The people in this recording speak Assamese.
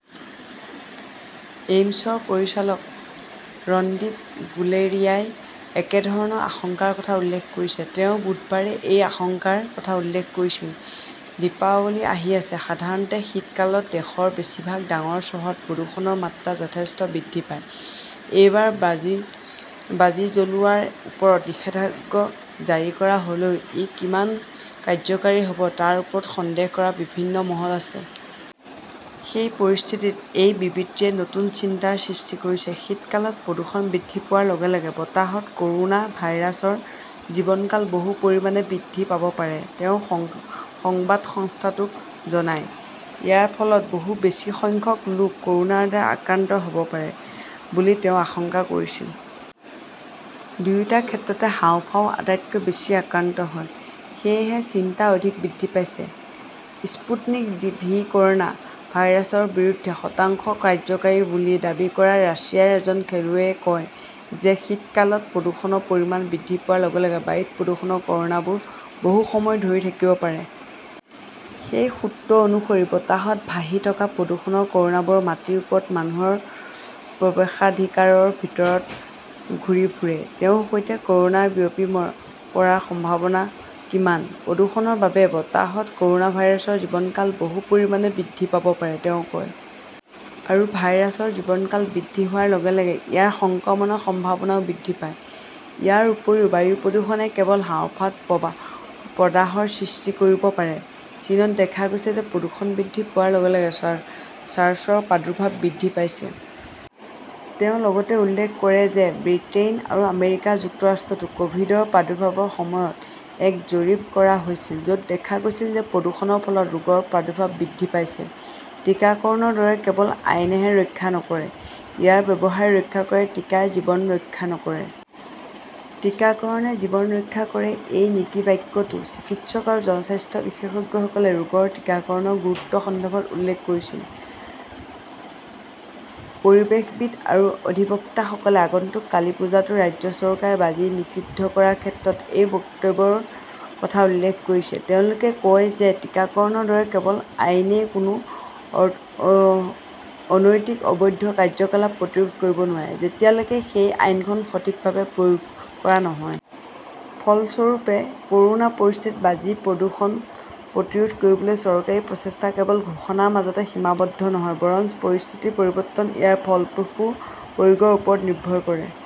এইমছৰ পৰিচালক ৰণদীপ গুলেৰিয়াই একেধৰণৰ আশংকাৰ কথা উল্লেখ কৰিছে। তেওঁ বুধবাৰে এই আশংকাৰ কথা উল্লেখ কৰিছিল। দীপাৱলী আহি আছে। সাধাৰণতে শীতকালত দেশৰ বেছিভাগ ডাঙৰ চহৰত প্ৰদূষণৰ মাত্ৰা যথেষ্ট বৃদ্ধি পায়। এইবাৰ বাজি জ্বলোৱাৰ ওপৰত নিষেধাজ্ঞা জাৰি কৰা হলেও ই কিমান কাৰ্যকৰী হব তাৰ ওপৰত সন্দেহ কৰা বিভিন্ন মহল আছে। সেই পৰিস্থিতিত এই বিবৃতিয়ে নতুন চিন্তাৰ সৃষ্টি কৰিছে। শীতকালত প্ৰদূষণ বৃদ্ধি পোৱাৰ লগে-লগে বতাহত কৰোনা ভাইৰাছৰ জীৱনকাল বহু পৰিমাণে বৃদ্ধি পাব পাৰে, তেওঁ সংবাদ সংস্থাটোক জনায়। ইয়াৰ ফলত বহু বেছি সংখ্যক লোক কৰোনাৰ দ্বাৰা আক্ৰান্ত হব পাৰে বুলি তেওঁ আশংকা কৰিছিল। দুয়োটা ক্ষেত্ৰতে হাঁওফাঁও আটাইতকৈ বেছি আক্ৰান্ত হয়, সেয়েহে চিন্তা অধিক বৃদ্ধি পাইছে। স্পুটনিক ভি কৰ'না ভাইৰাছৰ বিৰুদ্ধে শতাংশ কাৰ্যকৰী বুলি দাবী কৰা ৰাছিয়াৰ এজন খেলুৱৈয়ে কয় যে শীতকালত প্ৰদূষণৰ পৰিমাণ বৃদ্ধি পোৱাৰ লগে-লগে বায়ুত প্ৰদূষণৰ কণাবোৰ বহু সময় ধৰি থাকিব পাৰে। সেই সূত্ৰ অনুসৰি, বতাহত ভাহি থকা প্ৰদূষণৰ কণাবোৰ মাটিৰ ওচৰত, মানুহৰ প্ৰৱেশাধিকাৰৰ ভিতৰত ঘূৰি ফুৰে। তেওঁৰ সৈতে কৰোনা বিয়পি পৰাৰ সম্ভাৱনা কিমান? প্ৰদূষণৰ বাবে বতাহত কৰোনা ভাইৰাছৰ জীৱনকাল বহু পৰিমাণে বৃদ্ধি পাব পাৰে, তেওঁ কয়। আৰু ভাইৰাছৰ জীৱনকাল বৃদ্ধি হোৱাৰ লগে-লগে ইয়াৰ সংক্ৰমণৰ সম্ভাৱনাও বৃদ্ধি পায়। ইয়াৰ উপৰিও বায়ু প্ৰদূষণে কেৱল হাঁওফাঁওত প্ৰদাহৰ সৃষ্টি কৰিব পাৰে। চীনত দেখা গৈছে যে প্ৰদূষণ বৃদ্ধি পোৱাৰ লগে-লগে চাৰ্চৰ প্ৰাদুৰ্ভাৱ বৃদ্ধি পাইছে। তেওঁ লগতে উল্লেখ কৰে যে ব্ৰিটেইন আৰু আমেৰিকা যুক্তৰাষ্ট্ৰতো কভিডৰ প্ৰাদুৰ্ভাৱৰ সময়ত এক জৰীপ কৰা হৈছিল, যত দেখা গৈছিল যে প্ৰদূষণৰ ফলত ৰোগৰ প্ৰাদুৰ্ভাৱ বৃদ্ধি পাইছে। 'টিকাকৰণৰ দৰে কেৱল আইনহে ৰক্ষা নকৰে, ইয়াৰ ব্যৱহাৰেই ৰক্ষা কৰে টিকাই জীৱন ৰক্ষা নকৰে। টিকাকৰণে জীৱন ৰক্ষা কৰে। এই নীতিবাক্যটো চিকিৎসক আৰু জনস্বাস্থ্য বিশেষজ্ঞসকলে ৰোগৰ টিকাকৰণৰ গুৰুত্বৰ সন্দৰ্ভত উল্লেখ কৰিছিল। পৰিৱেশবিদ আৰু অধিবক্তাসকলে আগন্তুক কালীপুজোত ৰাজ্য চৰকাৰে বাজি নিষিদ্ধ কৰাৰ ক্ষেত্ৰত সেই বক্তব্যৰ কথা উল্লেখ কৰিছে। তেওঁলোকে কয় যে টিকাকৰণৰ দৰে কেৱল আইনেই কোনো অনৈতিক, অবৈধ কাৰ্যকলাপ প্ৰতিৰোধ কৰিব নোৱাৰে, যেতিয়ালৈকে সেই আইনখন সঠিকভাৱে প্ৰয়োগ কৰা নহয়। ফলস্বৰূপে, কৰোনা পৰিস্থিতিত বাজি-প্ৰদূষণ প্ৰতিৰোধ কৰিবলৈ চৰকাৰী প্ৰচেষ্টা কেৱল ঘোষণাৰ মাজতে সীমাবদ্ধ নহয়, বৰঞ্চ পৰিস্থিতিৰ পৰিৱৰ্তন ইয়াৰ ফলপ্ৰসূ প্ৰয়োগৰ ওপৰত নিৰ্ভৰ কৰে।